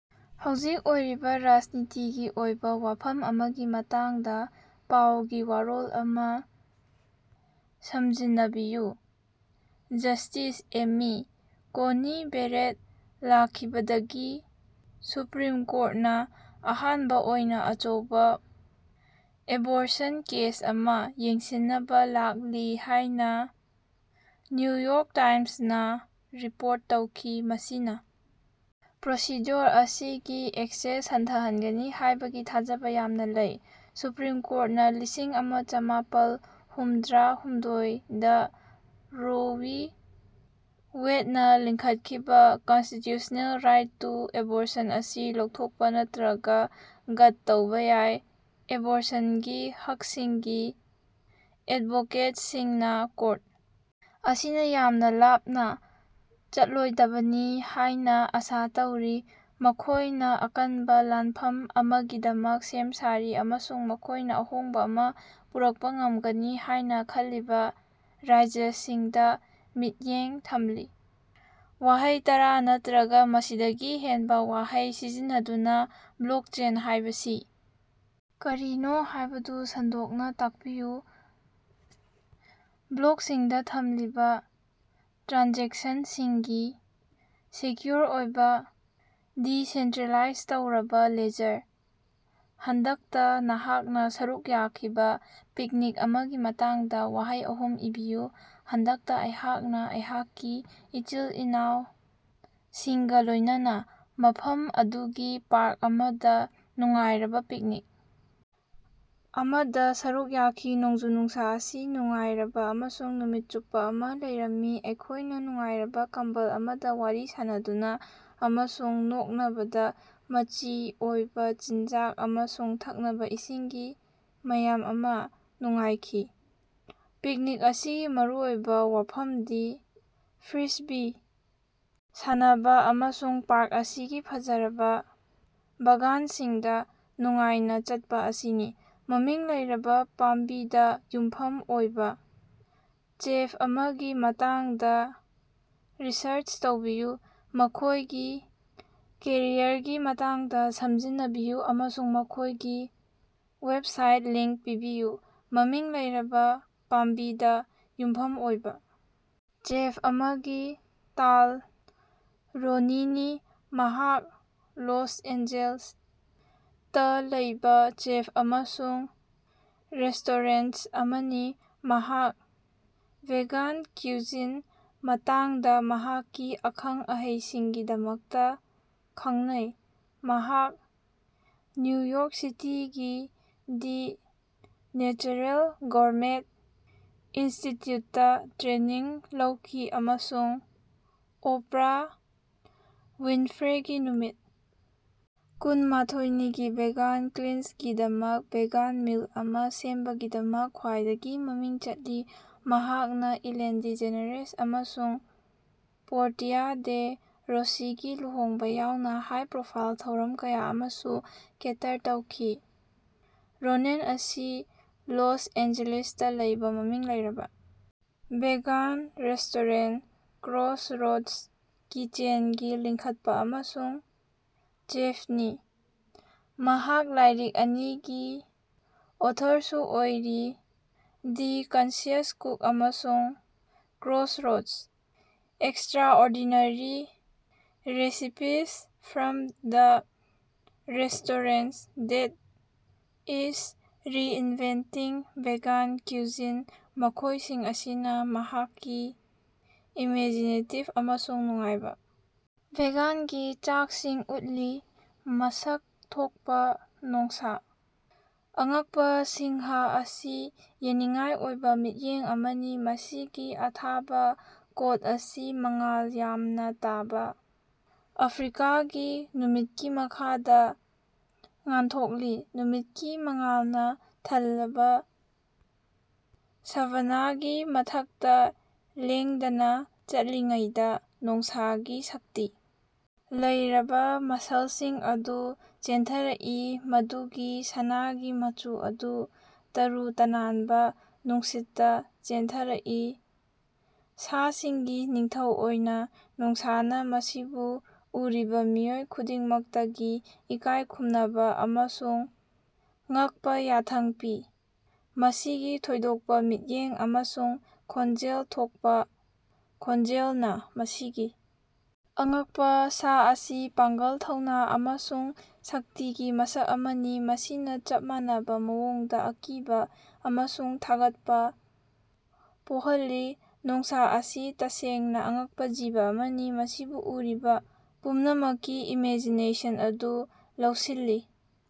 ꯍꯧꯖꯤꯛ ꯑꯣꯏꯔꯤꯕ ꯔꯥꯖꯅꯤꯇꯤꯒꯤ ꯑꯣꯏꯕ ꯋꯥꯐꯝ ꯑꯃꯒꯤ ꯃꯇꯥꯡꯗ ꯄꯥꯎꯒꯤ ꯋꯥꯔꯣꯜ ꯑꯃ ꯁꯝꯖꯤꯟꯅꯕꯤꯌꯨ꯫ ꯖꯁ꯭ꯇꯤꯁ ꯑꯦꯃꯤ ꯀꯣꯅꯤ ꯕꯦꯔꯦꯠ ꯂꯥꯛꯈꯤꯕꯗꯒꯤ ꯁꯨꯄ꯭ꯔꯤꯝ ꯀꯣꯔꯠꯅ ꯑꯍꯥꯟꯕ ꯑꯣꯏꯅ ꯑꯆꯧꯕ ꯑꯦꯕꯣꯔꯁꯟ ꯀꯦꯁ ꯑꯃ ꯌꯦꯡꯁꯤꯟꯅꯕ ꯂꯥꯛꯂꯤ ꯍꯥꯏꯅ ꯅ꯭ꯌꯨ ꯌ꯭ꯣꯔꯛ ꯇꯥꯏꯝꯁꯅ ꯔꯤꯄꯣꯔꯠ ꯇꯧꯈꯤ꯫ ꯃꯁꯤꯅ ꯄ꯭ꯔꯣꯁꯤꯗ꯭ꯌꯨꯑꯣꯔ ꯑꯁꯤꯒꯤ ꯑꯦꯛꯁꯦꯁ ꯍꯟꯊꯍꯟꯒꯅꯤ ꯍꯥꯏꯕꯒꯤ ꯊꯥꯖꯕ ꯌꯥꯝꯅ ꯂꯩ꯫ ꯁꯨꯄ꯭ꯔꯤꯝ ꯀꯣꯔꯠꯅ ꯂꯤꯁꯤꯡ ꯑꯃ ꯆꯃꯥꯄꯜ ꯍꯨꯝꯗꯔꯥ ꯍꯨꯝꯗꯣꯏꯗꯥ ꯔꯣ ꯋꯤ ꯋꯦꯗꯅ ꯂꯤꯡꯈꯠꯈꯤꯕ ꯀꯟꯁꯇꯤꯇ꯭ꯌꯨꯁꯅꯦꯜ ꯔꯥꯏꯠ ꯇꯨ ꯑꯦꯕꯣꯔꯁꯟ ꯑꯁꯤ ꯂꯧꯊꯣꯛꯄ ꯅꯠꯇꯔꯒ ꯒꯠ ꯇꯧꯕ ꯌꯥꯏ, ꯑꯦꯕꯣꯔꯁꯟꯒꯤ ꯍꯛꯁꯤꯡꯒꯤ ꯑꯦꯗꯕꯣꯀꯦꯠꯁꯁꯤꯡꯅ ꯀ꯭ꯣꯔꯠ ꯑꯁꯤꯅ ꯌꯥꯃꯅꯥ ꯂꯥꯞꯅ ꯆꯠꯂꯣꯏꯗꯕꯅꯤ ꯍꯥꯏꯅ ꯑꯁꯥ ꯇꯧꯔꯤ꯫ ꯃꯈꯣꯏꯅ ꯑꯀꯟꯕ ꯂꯥꯅꯐꯝ ꯑꯃꯒꯤꯗꯃꯛ ꯁꯦꯝ ꯁꯥꯔꯤ, ꯑꯃꯁꯨꯡ ꯃꯈꯣꯏꯅ ꯑꯍꯣꯡꯕ ꯑꯃ ꯄꯨꯔꯛꯄ ꯉꯝꯒꯅꯤ ꯍꯥꯏꯅ ꯈꯜꯂꯤꯕ ꯔꯥꯖ꯭ꯌꯁꯤꯡꯗ ꯃꯤꯠꯌꯦꯡ ꯊꯝꯂꯤ꯫ ꯋꯥꯍꯩ ꯇꯔꯥ ꯅꯠꯇꯔꯒ ꯃꯁꯤꯗꯒꯤ ꯍꯦꯟꯕ ꯋꯥꯍꯩ ꯁꯤꯖꯤꯟꯅꯗꯨꯅ ꯕ꯭ꯂꯣꯛꯆꯦꯟ ꯍꯥꯏꯕꯁꯤ ꯀꯔꯤꯅꯣ ꯍꯥꯏꯕꯗꯨ ꯁꯟꯗꯣꯛꯅ ꯇꯥꯛꯄꯤꯌꯨ꯫ ꯕ꯭ꯂꯣꯛꯁꯤꯡꯗ ꯊꯝꯂꯤꯕ ꯇ꯭ꯔꯥꯟꯖꯦꯛꯁꯟꯁꯤꯡꯒꯤ ꯁꯦꯀ꯭ꯌꯨꯑꯣꯔ ꯑꯣꯏꯕ, ꯗꯤꯁꯦꯟꯇ꯭ꯔꯦꯂꯥꯏꯖ ꯇꯧꯔꯕ ꯂꯦꯖꯔ꯫ ꯍꯟꯗꯛꯇ ꯅꯍꯥꯛꯅ ꯁꯔꯨꯛ ꯌꯥꯈꯤꯕ ꯄꯤꯛꯅꯤꯛ ꯑꯃꯒꯤ ꯃꯇꯥꯡꯗ ꯋꯥꯍꯩ ꯑꯍꯨꯝ ꯏꯕꯤꯌꯨ꯫ ꯍꯟꯗꯛꯇ ꯑꯩꯍꯥꯛꯅ ꯑꯩꯍꯥꯛꯀꯤ ꯏꯆꯤꯜ-ꯏꯅꯥꯑꯣꯁꯤꯡꯒ ꯂꯣꯏꯅꯅ ꯃꯐꯝ ꯑꯗꯨꯒꯤ ꯄꯥ꯭ꯔꯛ ꯑꯃꯗ ꯅꯨꯡꯉꯥꯏꯔꯕ ꯄꯤꯛꯅꯤꯛ ꯑꯃꯗ ꯁꯔꯨꯛ ꯌꯥꯈꯤ꯫ ꯅꯣꯡꯖꯨ-ꯅꯨꯡꯁꯥ ꯑꯁꯤ ꯅꯨꯡꯉꯥꯏꯔꯕ ꯑꯃꯁꯨꯡ ꯅꯨꯃꯤꯠ ꯆꯨꯞꯄ ꯑꯃ ꯂꯩꯔꯝꯃꯤ, ꯑꯩꯈꯣꯏꯅ ꯅꯨꯡꯉꯥꯏꯔꯕ ꯀꯝꯕꯜ ꯑꯃꯗ ꯋꯥꯔꯤ ꯁꯥꯅꯗꯨꯅ ꯑꯃꯁꯨꯡ ꯅꯣꯛꯅꯕꯗ ꯃꯆꯤ ꯑꯣꯏꯕ ꯆꯤꯟꯖꯥꯛ ꯑꯃꯁꯨꯡ ꯊꯛꯅꯕ ꯏꯁꯤꯡꯒꯤ ꯃꯌꯥꯝ ꯑꯃ ꯅꯨꯡꯉꯥꯏꯈꯤ꯫ ꯄꯤꯛꯅꯤꯛ ꯑꯁꯤꯒꯤ ꯃꯔꯨꯑꯣꯏꯕ ꯋꯥꯐꯝꯗꯤ ꯐ꯭ꯔꯤꯁꯕꯤ ꯁꯥꯟꯅꯕ ꯑꯃꯁꯨꯡ ꯄꯥ꯭ꯔꯛ ꯑꯁꯤꯒꯤ ꯐꯖꯔꯕ ꯕꯥꯒꯥꯟꯁꯤꯡꯗ ꯅꯨꯡꯉꯥꯏꯅ ꯆꯠꯄ ꯑꯁꯤꯅꯤ꯫ ꯃꯃꯤꯡ ꯂꯩꯔꯕ ꯄꯥꯝꯕꯤꯗ ꯌꯨꯝꯐꯝ ꯑꯣꯏꯕ ꯆꯦꯐ ꯑꯃꯒꯤ ꯃꯇꯥꯡꯗ ꯔꯤꯁꯔꯆ ꯇꯧꯕꯤꯌꯨ, ꯃꯈꯣꯏꯒꯤ ꯀꯦꯔꯤꯌꯔꯒꯤ ꯃꯇꯥꯡꯗ ꯁꯝꯖꯤꯟꯅꯕꯤꯌꯨ ꯑꯃꯁꯨꯡ ꯃꯈꯣꯏꯒꯤ ꯋꯦꯕꯁꯥꯏꯠ ꯂꯤꯡꯛ ꯄꯤꯕꯤꯌꯨ꯫ ꯃꯃꯤꯡ ꯂꯩꯔꯕꯥ ꯄꯥꯝꯕꯤꯗ ꯌꯨꯝꯐꯝ ꯑꯣꯏꯕ ꯆꯦꯐ ꯑꯃꯗꯤ ꯇꯥꯜ ꯔꯣꯅꯦꯟꯅꯤ꯫ ꯃꯍꯥꯛ ꯂꯣꯁ ꯑꯦꯟꯖꯦꯜꯁꯇ ꯂꯩꯕ ꯆꯦꯐ ꯑꯃꯁꯨꯡ ꯔꯦꯁꯇꯣꯔꯦꯟꯠ ꯑꯃꯅꯤ, ꯃꯍꯥꯛ ꯚꯦꯒꯥꯟ ꯀꯨꯏꯖꯤꯟ ꯃꯇꯥꯡꯗ ꯃꯍꯥꯛꯀꯤ ꯑꯈꯪ-ꯑꯍꯩꯁꯤꯡꯒꯤꯗꯃꯛꯇ ꯈꯉꯅꯩ꯫ ꯃꯍꯥꯛ ꯅ꯭ꯌꯨ ꯌ꯭ꯣꯔꯛ ꯁꯤꯇꯤꯒꯤ ꯗꯤ ꯅꯦꯆꯦꯔꯦꯜ ꯒꯧꯔꯃꯦꯠ ꯏꯟꯁꯇꯤꯠꯌꯨꯠꯇ ꯇ꯭ꯔꯦꯅꯤꯡ ꯂꯧꯈꯤ ꯑꯃꯁꯨꯡ ꯑꯣꯄ꯭ꯔꯥ ꯋꯤꯟꯐ꯭ꯔꯦꯒꯤ ꯅꯨꯃꯤꯠ ꯀꯨꯟ ꯃꯥꯊꯣꯏꯅꯤꯒꯤ ꯚꯦꯒꯥꯟ ꯀ꯭ꯂꯤꯟꯖꯒꯤꯗꯃꯛ ꯚꯦꯒꯥꯟ ꯃꯤꯜ ꯑꯃ ꯁꯦꯝꯕꯒꯤꯗꯃꯛ ꯈ꯭ꯋꯥꯏꯗꯒꯤ ꯃꯃꯤꯡ ꯆꯠꯂꯤ꯫ ꯃꯍꯥꯛꯅꯥ ꯏꯂꯦꯟ ꯗꯤꯖꯦꯅꯦꯔꯦꯁ ꯑꯃꯁꯨꯡ ꯄꯣꯔꯇꯤꯌꯥ ꯗꯦ ꯔꯣꯁꯤꯒꯤ ꯂꯨꯍꯣꯡꯕ ꯌꯥꯎꯅ ꯍꯥꯏ-ꯄ꯭ꯔꯣꯐꯥꯏꯜ ꯊꯧꯔꯝ ꯀꯌꯥ ꯑꯃꯁꯨ ꯀꯦꯇꯔ ꯇꯧꯈꯤ꯫ ꯔꯣꯅꯦꯟ ꯑꯁꯤ ꯂꯣꯁ ꯑꯦꯟꯖꯦꯜꯁꯇ ꯂꯩꯕꯥ ꯃꯃꯤꯡ ꯂꯩꯔꯕꯥ ꯚꯦꯒꯥꯟ ꯔꯦꯁ꯭ꯇꯣꯔꯦꯟꯠ ꯀ꯭ꯔꯣꯁꯔꯣꯗꯁ ꯀꯤꯆꯦꯟꯒꯤ ꯂꯤꯡꯈꯠꯄꯥ ꯑꯃꯁꯨꯡ ꯆꯦꯐꯅꯤ꯫ ꯃꯍꯥꯛ ꯂꯥꯏꯔꯤꯛ ꯑꯅꯤꯒꯤ ꯑꯣꯊꯣꯔꯁꯨ ꯑꯣꯏꯔꯤ, "ꯗꯤ ꯀꯟꯁꯤꯌꯁ ꯀꯨꯛ" ꯑꯃꯁꯨꯡ "Crossroads: extraordinary recipes from the restaurant that is reinventing vegan cuisine", ꯃꯈꯣꯏꯁꯤꯡ ꯑꯁꯤꯅ ꯃꯍꯥꯛꯀꯤ ꯏꯃꯦꯖꯤꯅꯦꯇꯤꯕ ꯑꯃꯁꯨꯡ ꯅꯨꯡꯉꯥꯏꯕ ꯚꯦꯒꯥꯟꯒꯤ ꯆꯥꯛꯁꯤꯡ ꯎꯠꯂꯤ꯫ ꯃꯁꯛ ꯊꯣꯛꯄ ꯅꯣꯡꯁꯥ꯫ ꯑꯉꯛꯄ ꯁꯤꯡꯍ ꯑꯁꯤ ꯌꯦꯡꯅꯤꯡꯉꯥꯏ ꯑꯣꯏꯕ ꯃꯤꯠꯌꯦꯡ ꯑꯃꯅꯤ, ꯃꯁꯤꯒꯤ ꯑꯊꯥꯕꯥ ꯀꯣꯠ ꯑꯁꯤ ꯃꯉꯥꯜ ꯌꯥꯝꯅ ꯇꯥꯕ, ꯑꯐ꯭ꯔꯤꯀꯥꯒꯤ ꯅꯨꯃꯤꯠꯀꯤ ꯃꯈꯥꯗ ꯉꯥꯟꯊꯣꯛꯂꯤ꯫ ꯅꯨꯃꯤꯠꯀꯤ ꯃꯉꯥꯜꯅꯥ ꯊꯜꯂꯕ ꯁꯥꯚꯥꯅꯥꯒꯤ ꯃꯊꯛꯇ ꯂꯦꯡꯗꯅ ꯆꯠꯂꯤꯉꯩꯗ ꯅꯣꯡꯁꯥꯒꯤ ꯁꯛꯇꯤ ꯂꯩꯔꯕ ꯃꯁꯜꯁꯤꯡ ꯑꯗꯨ ꯆꯦꯟꯊꯔꯛꯏ, ꯃꯗꯨꯒꯤ ꯁꯅꯥꯒꯤ ꯃꯆꯨ ꯑꯗꯨ ꯇꯔꯨ ꯇꯅꯥꯟꯕ ꯅꯨꯡꯁꯤꯠꯇ ꯆꯦꯟꯊꯔꯛꯏ꯫ ꯁꯥꯁꯤꯡꯒꯤ ꯅꯤꯡꯊꯧ ꯑꯣꯏꯅ, ꯅꯣꯡꯁꯥꯅ ꯃꯁꯤꯕꯨ ꯎꯔꯤꯕ ꯃꯤꯑꯣꯏ ꯈꯨꯗꯤꯡꯃꯛꯇꯒꯤ ꯏꯀꯥꯏꯈꯨꯝꯅꯕ ꯑꯃꯁꯨꯡ ꯉꯛꯄ ꯌꯥꯊꯪ ꯄꯤ, ꯃꯁꯤꯒꯤ ꯊꯣꯏꯗꯣꯛꯄ ꯃꯤꯠꯌꯦꯡ ꯑꯃꯁꯨꯡ ꯈꯣꯟꯖꯦꯜ ꯊꯣꯛꯄ ꯈꯣꯟꯖꯦꯜꯅ꯫ ꯃꯁꯤꯒꯤ ꯑꯉꯛꯄ ꯁꯥ ꯑꯁꯤ ꯄꯥꯡꯒꯜ, ꯊꯧꯅꯥ ꯑꯃꯁꯨꯡ ꯁꯛꯇꯤꯒꯤ ꯃꯁꯛ ꯑꯃꯅꯤ, ꯃꯁꯤꯅ ꯆꯞ ꯃꯥꯟꯅꯕ ꯃꯑꯣꯡꯗ ꯑꯀꯤꯕ ꯑꯃꯁꯨꯡ ꯊꯥꯒꯠꯄ ꯄꯣꯈꯜꯂꯤ꯫ ꯅꯣꯡꯁꯥ ꯑꯁꯤ ꯇꯁꯦꯡꯅ ꯑꯉꯛꯄ ꯖꯤꯕ ꯑꯃꯅꯤ, ꯃꯁꯤꯕꯨ ꯎꯔꯤꯕꯥ ꯄꯨꯝꯅꯃꯛꯀꯤ ꯏꯃꯦꯖꯤꯅꯦꯁꯟ ꯑꯗꯨ ꯂꯧꯁꯤꯜꯂꯤ꯫